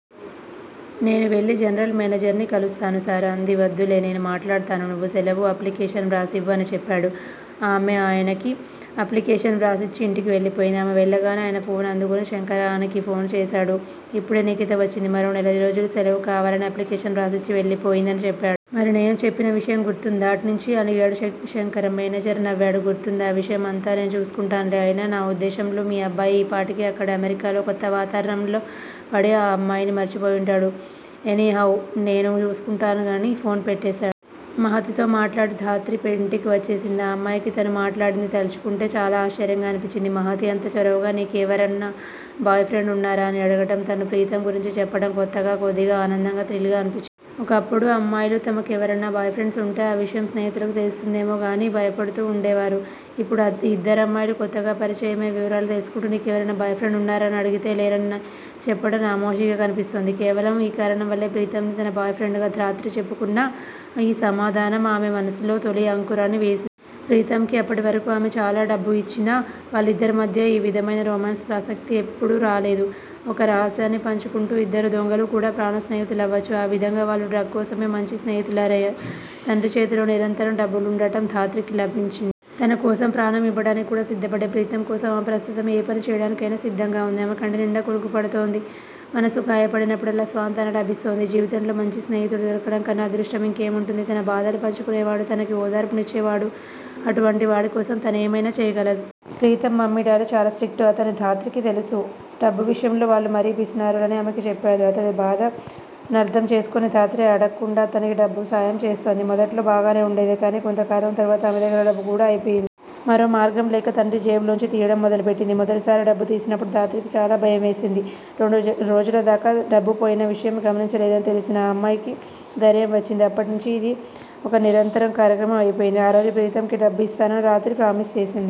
నేను వెళ్ళి జనరల్ మేనేజర్ని కలుస్తాను సార్ అంది. వద్దులే. నేను మాట్లాడతాను. నువ్వు సెలవు అప్లికేషన్ వ్రాసివ్వు అని చెప్పాడు. ఆమె ఆయనకి ఆప్లికేషన్ వ్రాసిచ్చి ఇంటికి వెళ్ళి పోయింది. ఆమె వెళ్ళగానే ఆయన ఫోన్ అందుకొని శంకరానికి ఫోన్ చేశాడు. ఇప్పుడే నిఖిత వచ్చి మరో నెలరోజులు శెలవు కావాలని అప్లికేషన్ వ్రాసిచ్చి వెళ్ళింది అని చెప్పాడు. మరి నేను చెప్పిన విషయం గుర్తుందా? అట్నుంచి అడిగాడు శంకరం. మేనేజర్ నవ్వాడు. గుర్తుంది. ఆ విషయం అంతా నేను చూసుకుంటానులే. అయినా నా వుద్దేశ్యంలో మీ అబ్బాయి ఈపాటికే అక్కడ అమెరికాలో కొత్త వాతావరణంలో పడి ఈ అమ్మాయిని మర్చిపోయుంటాడు. ఎనీ హౌ నేను చూసుకుంటానన్నానుగా ఫోన్ పెట్టేశాడు. మహతితో మాట్లాడి ధాత్రి ఇంటికి వచ్చేసింది. ఆ అమ్మాయికి తను మాట్లాడింది తల్చుకుంటే చాలా ఆశ్చర్యంగా అనిపించింది. మహతి అంత చొరవగా 'నీ కెవరన్నా బాయ్ ఫ్రెండ్స్ వున్నారా? ' అని అడగటం, తను ప్రీతమ్ గురించి చెప్పటం కొత్తగా, కొద్దిగా ఆనందంగా, థ్రిల్ గా అనిపించింది. ఒకప్పుడు అమ్మాయిలు తమకెవరన్నా బాయ్ ఫ్రెండ్స్ వుంటే ఆ విషయం స్నేహితులకి తెలుస్తుందేమో అని భయపడుతూ వుండేవారు. ఇప్పుడు ఇద్దరమ్మాయిలు కొత్తగా పరిచయం అయి వివరాలు తెలుసుకుంటూ 'నీ కెవరైనా బాయ్ ఫ్రెండ్స్ వున్నారా' అని అడిగితే లేరని చెప్పటం నామోషీగా కనిపిస్తోంది. కేవలం ఆ కారణం వల్లే ప్రీతమ్ ని తన బాయ్ ఫ్రెండ్ గా ధాత్రి చెప్పుకున్నా, ఆ సమాధానం ఆమె మనసులో తొలి అంకురాన్ని వేసింది. ప్రీతమ్ కి అప్పటివరకూ ఆమె చాలా డబ్బు ఇచ్చినా, వాళ్ళిద్దరి మధ్యా ఈ విధమైన రొమాన్స్ ప్రసక్తి ఎప్పుడూ రాలేదు. ఒక రహస్యాన్ని పంచుకుంటున్న ఇద్దరు దొంగలు కూడా ప్రాణ స్నేహితులవ్వచ్చు. ఆ విధంగా వాళ్ళు 'డ్రగ్' కోసం మంచి స్నేహితులయ్యారు. తండ్రి చేతిలో నిరంతరం డబ్బులుండటం ధాత్రికి లాభించింది. తనకోసం ప్రాణం ఇవ్వటానికి కూడా సిద్ధపడే ప్రీతమ్ కోసం ఆమె ప్రస్తుతం ఏ పని చేయాటానికైనా సిద్ధంగా వుంది. ఆమెకి కంటినిండా కునుకు పడుతోంది. మనసు గాయపడినప్పుడల్లా స్వాంతన లభిస్తోంది. జీవితంలో మంచి స్నేహితుడు దొరకటం కన్నా అదృష్టం ఇంకేముంటుంది? తన బాధలు పంచుకునేవాడు, తనకి ఓదార్పు నిచ్చేవాడు అటువంటి వాడికోసం తనేమైనా చేయగలదు. ప్రీతమ్ మమ్మీ, డాడీ చాలా స్ట్రిక్ట్ అని ధాత్రికి తెలుసు. డబ్బు విషయంలో వాళ్ళు మరీ పిసినారులని ఆమెకి చెప్పాడు. అతడి బాధ నర్థం చేసుకొని ధాత్రే అడక్కుండా అతనికి డబ్బుసాయం చేస్తోంది. మొదట్లో బాగానే వుండేది. కాని కొంతకాలం అయిన తర్వాత ఆమె దగ్గర కూడా డబ్బు అయిపోయింది. మరో మార్గంలేక తండ్రి జేబులోంచి తీయడం మొదలుపెట్టింది. మొదటిసారి డబ్బు తీసినప్పుడు ధాత్రికి చాలా భయం వేసింది. రెండు రోజుల దాకా డబ్బు పోయిన విషయం గమనించలేదని తెలిసి ఆ అమ్మాయికి ధైర్యం వచ్చింది. అప్పటినుంచి అది ఇక నిరంతరం కార్యక్రమం అయిపోయింది. ఆ రోజు ప్రీతమ్ కి డబ్బు ఇస్తానని రాత్రి ప్రామిస్ చేసింది.